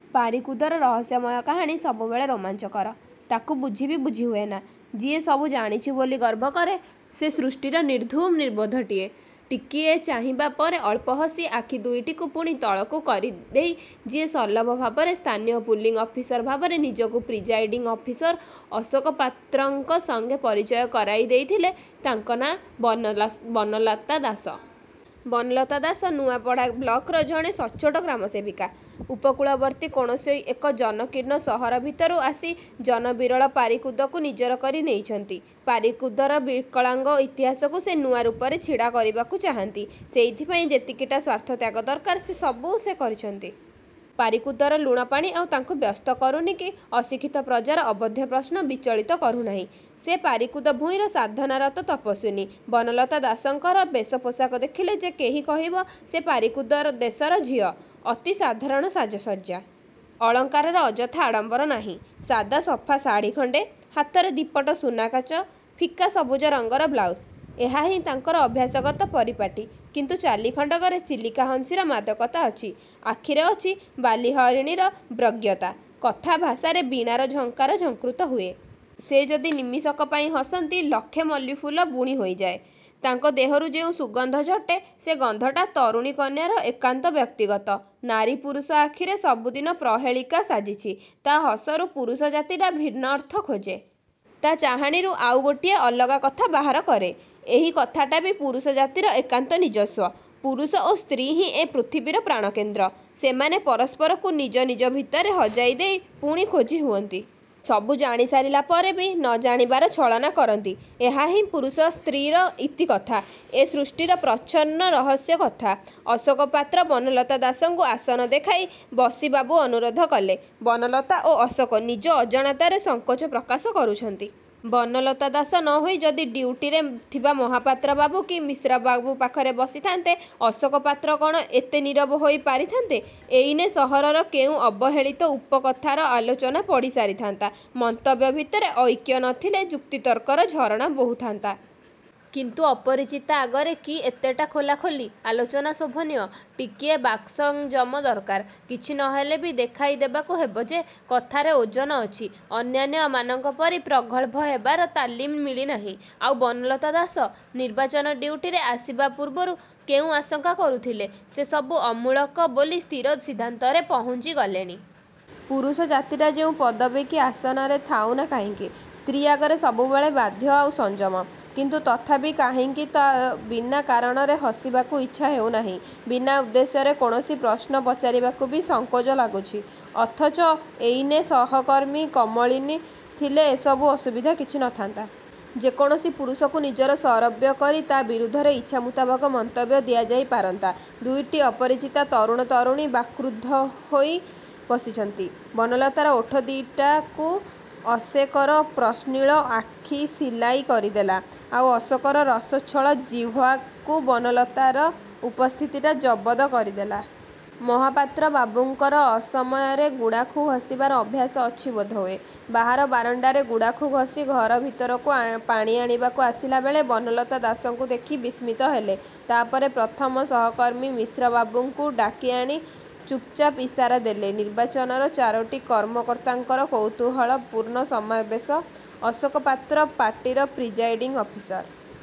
ପାରିକୁଦର ରହସ୍ୟମୟ କାହାଣୀ ସବୁବେଳେ ରୋମାଞ୍ଚକର। ତାକୁ ବୁଝି ବି ବୁଝି ହୁଏନା। ଯିଏ ସବୁ ଜାଣିଛି ବୋଲି ଗର୍ବ କରେ, ସେ ସୃଷ୍ଟିର ନିର୍ଧୁମ ନିର୍ବୋଧଟିଏ! ଟିକିଏ ଚାହିଁବା ପରେ ଅଳ୍ପ ହସି, ଆଖି ଦୁଇଟିକୁ ପୁଣି ତଳକୁ କରିଦେଇ ଯିଏ ସଲ୍ଲଭ ଭାବରେ ସ୍ଥାନୀୟ ପୁଲିଂ ଅଫିସର ଭାବରେ ନିଜକୁ ପ୍ରିଜାଇଡ଼ିଂ ଅଫିସର ଅଶୋକ ପାତ୍ରଙ୍କ ସଙ୍ଗେ ପରିଚୟ କରାଇ ଦେଇଥିଲେ, ତାଙ୍କ ନାଁ ବନ ବନଲତା ଦାସ। ବନଲତା ଦାସ ନୂଆପଡ଼ା ବ୍ଲକ୍ର ଜଣେ ସଚ୍ଚୋଟ ଗ୍ରାମସେବିକା। ଉପକୂଳବର୍ତ୍ତୀ କୌଣସି ଏକ ଜନାକୀର୍ଣ୍ଣ ସହର ଭିତରୁ ଆସି ଜନବିରଳ ପାରିକୁଦକୁ ନିଜର କରି ନେଇଛନ୍ତି। ପାରିକୁଦର ବିକଳାଙ୍ଗ ଇତିହାସକୁ ସେ ନୂଆ ରୂପରେ ଛିଡ଼ା କରିବାକୁ ଚାହାନ୍ତି। ସେଇଥିପାଇଁ ଯେତିକିଟା ସ୍ୱାର୍ଥତ୍ୟାଗ ଦରକାର, ସେସବୁ ସେ କରିଛନ୍ତି। ପାରିକୁଦର ଲୁଣିପାଣି ଆଉ ତାଙ୍କୁ ବ୍ୟସ୍ତ କରୁନି କି ଅଶିକ୍ଷିତ ପ୍ରଜାର ଅବୋଧ୍ୟ ପ୍ରଶ୍ନ ବିଚଳିତ କରୁନାହିଁ। ସେ ପାରିକୁଦ ଭୂଇଁର ସାଧନାରତ ତପସ୍ୱିନୀ। ବନଲତା ଦାସଙ୍କର ବେଶ ପୋଷାକ ଦେଖିଲେ ଯେ କେହି କହିବ, ସେ ପାରିକୁଦ ଦେଶର ଝିଅ! ଅତି ସାଧାରଣ ସାଜସଜ୍ଜା। ଅଳଙ୍କାରର ଅଯଥା ଆଡ଼ମ୍ବର ନାହିଁ। ସାଦା ସଫା ଶାଢ଼ି ଖଣ୍ଡେ, ହାତରେ ଦି'ପଟ ସୁନାକାଚ ଫିକା–ସବୁଜ ରଙ୍ଗର ବ୍ଳାଉଶ ଏହାହିଁ ତାଙ୍କର ଅଭ୍ୟାସଗତ ପରିପାଟୀ। କିନ୍ତୁ ଚାଲି ଖଣ୍ଡକରେ ଚିଲିକା ହଂସୀର ମାଦକତା ଅଛି। ଆଖିରେ ଅଛି ବାଲି ହରିଣୀର ବ୍ରଗ୍ୟତା। କଥା ଭାଷାରେ ବୀଣାର ଝଙ୍କାର ଝଙ୍କୃତ ହୁଏ। ସେ ଯଦି ନିମିଷକ ପାଇଁ ହସନ୍ତି, ଲକ୍ଷେ ମଲ୍ଲୀଫୁଲ ବୁଣି ହୋଇଯାଏ। ତାଙ୍କ ଦେହରୁ ଯେଉଁ ସୁଗନ୍ଧ ଝଟେ, ସେ ଗନ୍ଧଟା ତରୁଣୀ କନ୍ୟାର ଏକାନ୍ତ ବ୍ୟକ୍ତିଗତ। ନାରୀ ପୁରୁଷ ଆଖିରେ ସବୁଦିନ ପ୍ରହେଳିକା ସାଜିଛି। ତା' ହସରୁ ପୁରୁଷ ଜାତିଟା ଭିନ୍ନ ଅର୍ଥ ଖୋଜେ। ତା' ଚାହାଣୀରୁ ଆଉ ଗୋଟିଏ ଅଲଗା କଥା ବାହାର କରେ। ଏହି କଥାଟା ବି ପୁରୁଷ ଜାତିର ଏକାନ୍ତ ନିଜସ୍ୱ। ପୁରୁଷ ଓ ସ୍ତ୍ରୀ ହିଁ ଏ ପୃଥିବୀର ପ୍ରାଣ କେନ୍ଦ୍ର। ସେମାନେ ପରସ୍ପରକୁ ନିଜ ନିଜ ଭିତରେ ହଜାଇ ଦେଇ ପୁଣି ଖୋଜି ହୁଅନ୍ତି। ସବୁ ଜାଣି ସାରିଲା ପରେ ବି ନ ଜାଣିବାର ଛଳନା କରନ୍ତି। ଏହାହିଁ ପୁରୁଷ ସ୍ତ୍ରୀର ଇତିକଥା! ଏ ସୃଷ୍ଟିର ପ୍ରଚ୍ଛନ୍ନ ରହସ୍ୟ କଥା। ଅଶୋକପାତ୍ର ବନଲତା ଦାସଙ୍କୁ ଆସନ ଦେଖାଇ ବସିବାବୁ ଅନୁରୋଧ କଲେ। ବନଲତା ଓ ଅଶୋକ ନିଜ ଅଜାଣତରେ ସଙ୍କୋଚ ପ୍ରକାଶ କରୁଛନ୍ତି। ବନଲତା ଦାସ ନ ହୋଇ ଯଦି ଡ୍ୟୁଟିରେ ଥିବା ମହାପାତ୍ର ବାବୁ କି ମିଶ୍ରବାବୁ ପାଖରେ ବସିଥାନ୍ତେ, ଅଶୋକ ପାତ୍ର କଣ ଏତେ ନୀରବ ହୋଇ ପାରିଥାନ୍ତେ? ଏଇନେ ସହରର କେଉଁ ଅବହେଳିତ ଉପକଥାର ଆଲୋଚନା ପଡ଼ି ସାରିଥାନ୍ତା। ମନ୍ତବ୍ୟ ଭିତରେ ଐକ୍ୟ ନଥିଲେ ଯୁକ୍ତିତର୍କର ଝରଣା ବୋହୁଥାନ୍ତା। କିନ୍ତୁ ଅପରିଚିତା ଆଗରେ କି ଏତେଟା ଖୋଲାଖୋଲି ଆଲୋଚନା ଶୋଭନୀୟ? ଟିକିଏ ବାକ୍ସଂଯମ ଦରକାର। କିଛି ନହେଲେ ବି ଦେଖାଇ ଦେବାକୁ ହେବ ଯେ, କଥାରେ ଓଜନ ଅଛି। ଅନ୍ୟାନ୍ୟ ମାନଙ୍କପରି ପ୍ରଗଳ୍ଭହେବାର ତାଲିମ ମିଳିନାହିଁ। ଆଉ ବନଲତା ଦାସ? ନିର୍ବାଚନ ଡ୍ୟୁଟିରେ ଆସିବା ପୂର୍ବରୁ କେଉଁ ଆଶଙ୍କା କରୁଥିଲେ; ସେ ସବୁ ଅମୂଳକ ବୋଲି ସ୍ଥିର ସିଦ୍ଧାନ୍ତରେ ପହୁଞ୍ଚିଗଲେଣି। ପୁରୁଷ ଜାତିଟା ଯେଉଁ ପଦବୀ କି ଆସନରେ ଥାଉନା କାହିଁକି, ସ୍ତ୍ରୀ ଆଗରେ ସବୁବେଳେ ବାଧ୍ୟ ଆଉ ସଂଯମ। କିନ୍ତୁ ତଥାପି କାହିଁକି ତ ବିନା କାରଣରେ ହସିବାକୁ ଇଚ୍ଛା ହେଉନାହିଁ। ବିନା ଉଦ୍ଦେଶ୍ୟରେ କୌଣସି ପ୍ରଶ୍ନ ପଚାରିବାକୁ ବି ସଙ୍କୋଜ ଲାଗୁଛି। ଅଥଚ ଏଇନେ ସହକର୍ମୀ 'କମଳିନୀ' ଥିଲେ ଏସବୁ ଅସୁବିଧା କିଛି ନଥାନ୍ତା। ଯେ କୌଣସି ପୁରୁଷକୁ ନିଜର ଶରବ୍ୟ କରି ତା' ବିରୁଦ୍ଧରେ ଇଚ୍ଛା ମୁତାବକ ମନ୍ତବ୍ୟ ଦିଆଯାଇ ପାରନ୍ତା। ଦୁଇଟି ଅପରିଚିତା ତରୁଣ ତରୁଣୀ ବାକ୍ରୁଦ୍ଧ ହୋଇ ବସିଛନ୍ତି। ବନଲତାର ଓଠ ଦି'ଟାକୁ ଅଶେ କର ପ୍ରଶ୍ନିଳ ଆଖି ସିଲାଇ କରିଦେଲା, ଆଉ ଅଶୋକର ରସୋଚ୍ଛଳ ଜିହ୍ୱାକୁ ବନଲତାର ଉପସ୍ଥିତିଟା ଜବଦ କରିଦେଲା। ମହାପାତ୍ର ବାବୁଙ୍କର। ଅସମୟରେ ଗୁଡ଼ାଖୁ ଘସିବାର ଅଭ୍ୟାସ ଅଛି ବୋଧହୁଏ। ବାହାର ବାରଣ୍ଡାରେ ଗୁଡ଼ାଖୁ ଘସି ଘର ଭିତରକୁ ପାଣି ଆଣିବାକୁ ଆସିଲାବେଳେ ବନଲତା ଦାସଙ୍କୁ ଦେଖି ବିସ୍ମିତ ହେଲେ। ତାପରେ ପ୍ରଥମ ସହକର୍ମୀ ମିଶ୍ରବାବୁଙ୍କୁ ଡାକିଆଣି ଚୁପ୍ଚାପ୍ ଇସାରା ଦେଲେ। ନିର୍ବାଚନର ଚାରୋଟି କର୍ମକର୍ତ୍ତାଙ୍କର କୌତୁହଳ ପୂର୍ଣ୍ଣ ସମାବେଶ। ଅଶୋକ ପାତ୍ର ପାର୍ଟିର ପ୍ରିଜାଇଡ଼ିଂ ଅଫିସର।